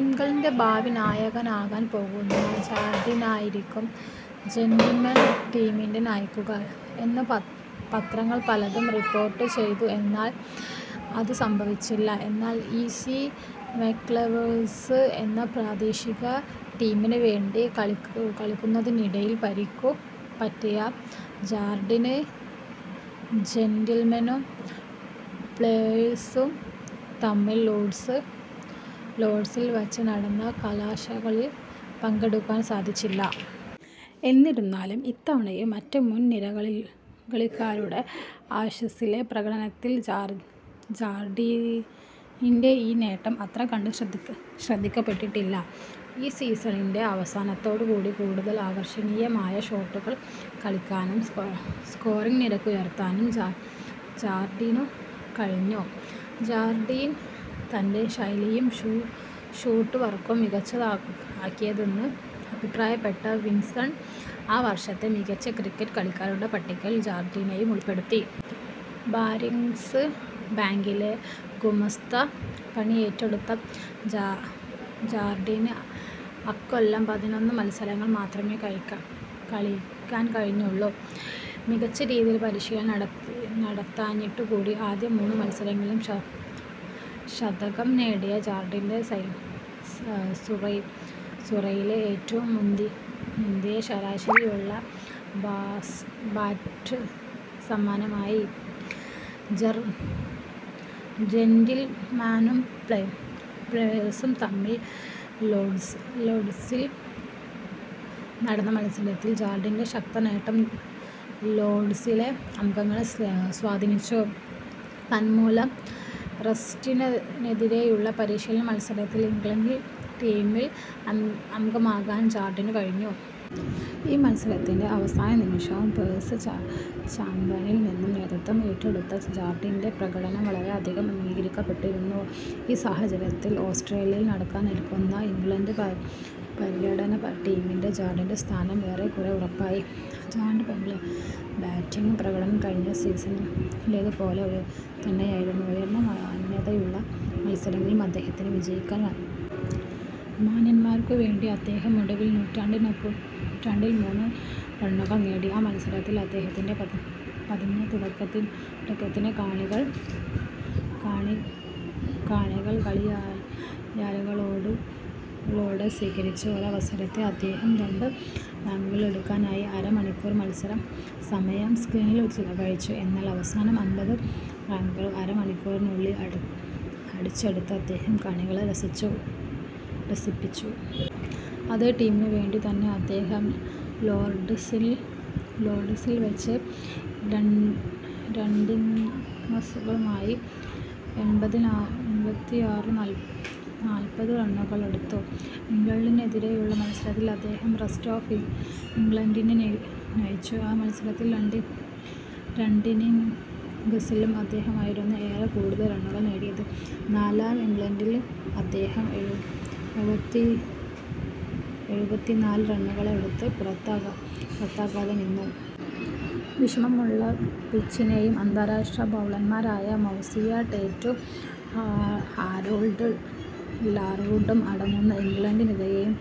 ഇംഗ്ലണ്ടിൻ്റെ ഭാവി നായകാനാകാൻ പോകുന്ന ജാർഡിനായിരിക്കും ജെൻ്റിൽമെൻ ടീമിനെ നയിക്കുക എന്ന് പത്രങ്ങൾ പലതും റീപ്പോർട്ട് ചെയ്തു എന്നാൽ അത് സംഭവിച്ചില്ല. എന്നാൽ സി. ഇ. മക്ലെവെഴ്സ് എന്ന പ്രാദേശിക ടീമിനു വേണ്ടി കളിയ്ക്കുന്നതിനിടയിൽ പരിക്കു പറ്റിയ ജാർഡിന് ജെൻ്റിൽമെനും പ്ലെയേഴ്സും തമ്മിൽ ലോഡ്സിൽ വച്ച് നടന്ന കലാശക്കളിയിൽ പങ്കെടുക്കാൻ സാധിച്ചില്ല. എന്നിരുന്നാലും ഇത്തവണയും മറ്റ് മുൻ നിരക്കളിക്കാരുടെ ആഷസിലെ പ്രകടനത്തിൽ ജാർഡീൻ്റെ ഈ നേട്ടം അത്ര കണ്ട് ശ്രദ്ധിക്കപ്പെട്ടില്ല. ഈ സീസണിൻ്റെ അവസാനത്തോടുകൂടി കൂടുതൽ ആകർഷണീയമായ ഷോട്ടുകൾ കളിക്കാനും സ്കോറിംഗ് നിരക്ക് ഉയർത്താനും ജാർഡീനു കഴിഞ്ഞു. ജാർഡീൻ തൻ്റെ ശൈലിയും ഫൂട്ട് വർക്കും മികച്ചതാക്കിയെന്ന് അഭിപ്രായപ്പെട്ട വിസ്ഡൺ ആ വർഷത്തെ മികച്ച ക്രിക്കറ്റ് കളിക്കാരുടെ പട്ടികയിൽ ജാർഡീനെയും ഉൾപ്പെടുത്തി. ബാരിംഗ്സ് ബാങ്കിലെ ഗുമസ്ത പണി ഏറ്റെടുത്തിരുന്ന ജാർഡീന് അക്കൊല്ലം പതിനൊന്ന് മത്സരങ്ങൾ മാത്രമേ കളിയ്ക്കാൻ കഴിഞ്ഞിരുന്നുള്ളു. മികച്ച രീതിയിൽ പരീശീലനം നടത്താഞ്ഞിട്ടുകൂടി ആദ്യ മൂന്ന് മത്സരങ്ങളിലും ശതകം നേടിയ ജാർഡീൻ സുറൈയിലെ ഏറ്റവും മുന്തിയ ശരാശരിയുള്ള ബാറ്റ്സമാനായി. ജെൻ്റിൽമാനും പ്ലെയേഴ്സും തമ്മിൽ ലൊഡ്സിൽ നടന്ന മത്സരത്തിൽ ജാർഡീൻ്റെ ശതകനേട്ടം ലോർഡ്സിലെ അംഗങ്ങളെ സ്വാധീനിച്ചു, തന്മൂലം റെസ്റ്റിനെതിരെയുള്ള പരിശീലന മത്സരത്തിൽ ഇംഗ്ലണ്ടിൽ ടീമിൽ അംഗമാകാൻ ജാർഡീനു കഴിഞ്ഞു. ഈ മത്സരത്തിൻ്റെ അവസാന നിമിഷം പേഴ്സി ചാപ്മാനിൽ നിന്നും നേതൃത്തം ഏറ്റെടുത്ത ജാർഡീൻ്റെ പ്രകടനം വളരെ അധികം അംഗീകരിക്കപ്പെട്ടിരുന്നു. ഈ സാഹചര്യത്തിൽ ഓസ്ട്രേലിയയിൽ നടക്കാനിരിക്കുന്ന ഇംഗ്ലണ്ട് പര്യടന ടീമിൽ ജാർഡീൻ്റെ സ്ഥാനം ഏറെക്കുറെ ഉറപ്പായി. ജാർഡി ബാറ്റിംഗ് പ്രകടനം കഴിഞ്ഞ സീസണിലേതു പോലെ തന്നെയായിരുന്നു. ഉയർന്ന മാന്യതയുള്ള മത്സരങ്ങളിലും അദ്ദേഹത്തിന് വിജയിക്കാനായി. മാന്യന്മാർക്കു വേണ്ടി അദ്ദേഹം ഓവലിൽ നൂറ്റിതൊണ്ണൂറ്റിമൂന്ന് റണ്ണുകൾ നേടി. ആ മത്സരത്തിലെ അദ്ദേഹത്തിൻ്റെ പതിഞ്ഞ തുടക്കത്തിനെ കാണികൾ കളിയാക്കലുകളോടെ സ്വീകരിച്ചു. ഒരവസരത്തിൽ അദ്ദേഹം രണ്ട് റണ്ണുകളെടുക്കാനായി അര മണിക്കൂർ സമയം ക്രീസിൽ ചിലവഴിച്ചു. എന്നാൽ അവസാന അമ്പത് റണ്ണുകൾ അര മണിക്കൂറിനുള്ളിൽ അടിച്ചെടുത്ത് അദ്ദേഹം കാണികളെ രസിച്ചു രസിപ്പിച്ചു. അതേ ടീമിനു വേണ്ടിത്തന്നെ അദ്ദേഹം ലോർഡ്സിൽ വെച്ച് രണ്ടിന്നിംഗ്സുകളിലായി എൺപത്തിആറും നാല്പതും റണ്ണുകളെടുത്തു. ഇംഗ്ലണ്ടിനെതിരായുള്ള മത്സരത്തിൽ അദ്ദേഹം റെസ്റ്റ് ഓഫ് ഇംഗ്ലണ്ട് നെ നയിച്ചു. ആ മത്സരത്തിൽ രണ്ടിന്നിംഗ്സിലും അദ്ദേഹമായിരുന്നു ഏറ്റവും കൂടുതൽ റണ്ണുകൾ നേടിയത്. നാലാം ഇന്നിംഗ്സിൽ അദ്ദേഹം എഴുപത്തിനാല് റണ്ണുകളെടുത്ത് പുറത്താകാതെ നിന്നു. വിഷമമുള്ള പിച്ചിനേയും അന്താരാഷ്ട്ര ബൗളർമാരായ മൗറിസ് ടേറ്റും ഹാരോൾഡ് ലാർവുഡും അടങ്ങുന്ന ഇംഗ്ലണ്ട് നിരയേയും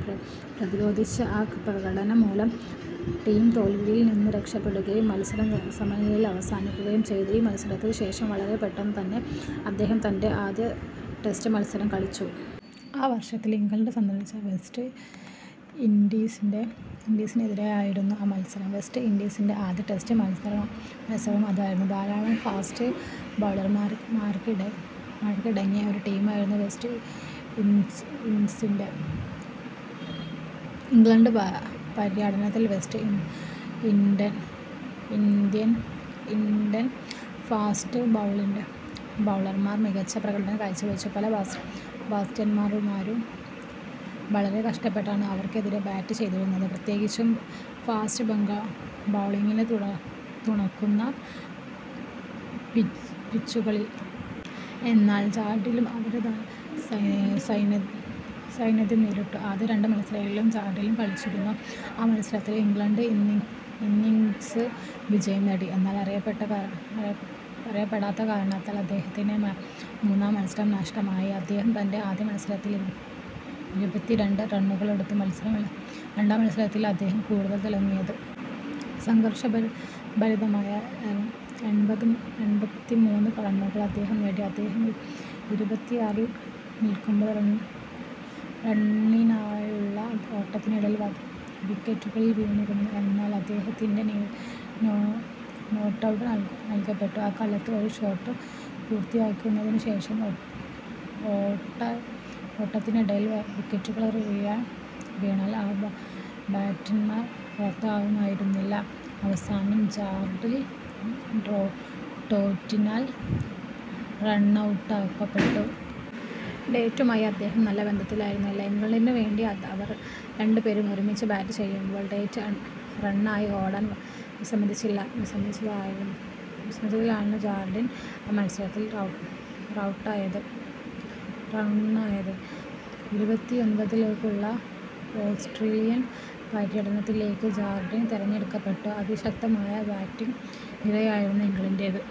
പ്രതിരോധിച്ച ആ പ്രകടനം മൂലം ടീം തോൽവിയിൽ നിന്ന് രക്ഷപ്പെടുകയും മത്സരം സമനിലയിൽ അവസാനിക്കുകയും ചെയ്തു. ഈ മത്സരത്തിനു ശേഷം, വളരെ പെട്ടെന്നു തന്നെ അദ്ദേഹം തൻ്റെ ആദ്യ ടെസ്റ്റ് മത്സരം കളിച്ചു. ആ വർഷത്തിൽ ഇംഗ്ലണ്ട് സന്ദർശിച്ച വെസ്റ്റ് ഇൻഡീസിനെതിരെയായിരുന്നു ആ മത്സരം. വെസ്റ്റ് ഇൻഡീസിൻ്റെ ആദ്യ ടെസ്റ്റ് മത്സരവും അതായിരുന്നു. ധാരാളം ഫാസ്റ്റ് ബൗളർമാരടങ്ങിയ ഒരു ടീമായിരുന്നു വെസ്റ്റ് ഇൻഡീസ്. ഇംഗ്ലണ്ട് പര്യടനത്തിൽ വെസ്റ്റ് ഇൻഡ്യൻ ഫാസ്റ്റ് ബൗളർമാർ മികച്ച പ്രകടനം കാഴ്ചവെച്ചു. പല ബാറ്റ്സ്മാന്മാരും വളരെ കഷ്ടപ്പെട്ടാണ് അവർക്കെതിരെ ബാറ്റ് ചെയ്തിരുന്നത്, പ്രത്യേകിച്ചും ഫാസ്റ്റ് ബൗളിംഗിനെ തുണക്കുന്ന പിച്ചുകളിൽ. എന്നാൽ ജാർഡിൻ അവരെ സധൈര്യം നേരിട്ടു. ആദ്യ രണ്ട് മത്സരങ്ങളിലും ജാർഡിൻ കളിച്ചിരുന്നു. ആ മത്സരങ്ങളിൽ ഇംഗ്ലണ്ട് ഇന്നിംഗ്സ് വിജയം നേടി. എന്നാൽ അറിയപ്പെടാത്ത കാരണത്താൽ അദ്ദേഹത്തിന് മൂന്നാം മത്സരം നഷ്ടമായി. അദ്ദേഹം തൻ്റെ ആദ്യ മത്സരത്തിൽ ഇരുപത്തിരണ്ട് റണ്ണുകളെടുത്തു. രണ്ടാം മത്സരത്തിലായിരുന്നു അദ്ദേഹം കൂടുതൽ തിളങ്ങിയത്. സംഘർഷഭരിതമായ എൺപത്തിമൂന്ന് റണ്ണുകൾ അദ്ദേഹം നേടി. അദ്ദേഹം ഇരുപത്തിആറിൽ നിൽക്കുമ്പോൾ റണ്ണിനായുള്ള ഓട്ടത്തിനിടയിൽ വിക്കറ്റുകൾ വീണിരുന്നു. എന്നാൽ അദ്ദേഹത്തിന് നോട്ട് ഔട്ട് നൽകപ്പെട്ടു. ആ കാലത്ത്, ഒരു ഷോട്ട് പൂർത്തിയാക്കിയതിനു ശേഷം ഓട്ടത്തിനിടയിൽ വിക്കറ്റുകൾ വീണാൽ ആ ബാറ്റ്സ്മാൻ പുറത്താകുമായിരുന്നില്ല. അവസാനം ജാർഡിൻ, ടേറ്റിനാൽ റണ്ണൗട്ടാകപ്പെട്ടു. ടേറ്റുമായി അദ്ദേഹം നല്ല ബന്ധത്തിലായിരുന്നില്ല. ഇംഗ്ലണ്ടിനു വേണ്ടി അവർ രണ്ടുപേരും ഒരുമിച്ച് ബാറ്റ് ചെയ്യുമ്പോൾ, ടേറ്റ് റണ്ണിനായി ഓടാൻ വിസ്സമ്മതിച്ചതിനാലാണ് ജാർഡിൻ ആ മത്സരത്തിൽ റണ്ണൗട്ടായത്. ഇരുപത്തിഒൻപതിലേക്കുള്ള ഓസ്ട്രേലിയൻ പര്യടനത്തിലേക്ക് ജാർഡിൻ തിരഞ്ഞെടുക്കപ്പെട്ടു. അതിശക്തമായ ബാറ്റിംഗ് നിരയായിരുന്നു ഇംഗ്ലണ്ടിൻ്റേത്.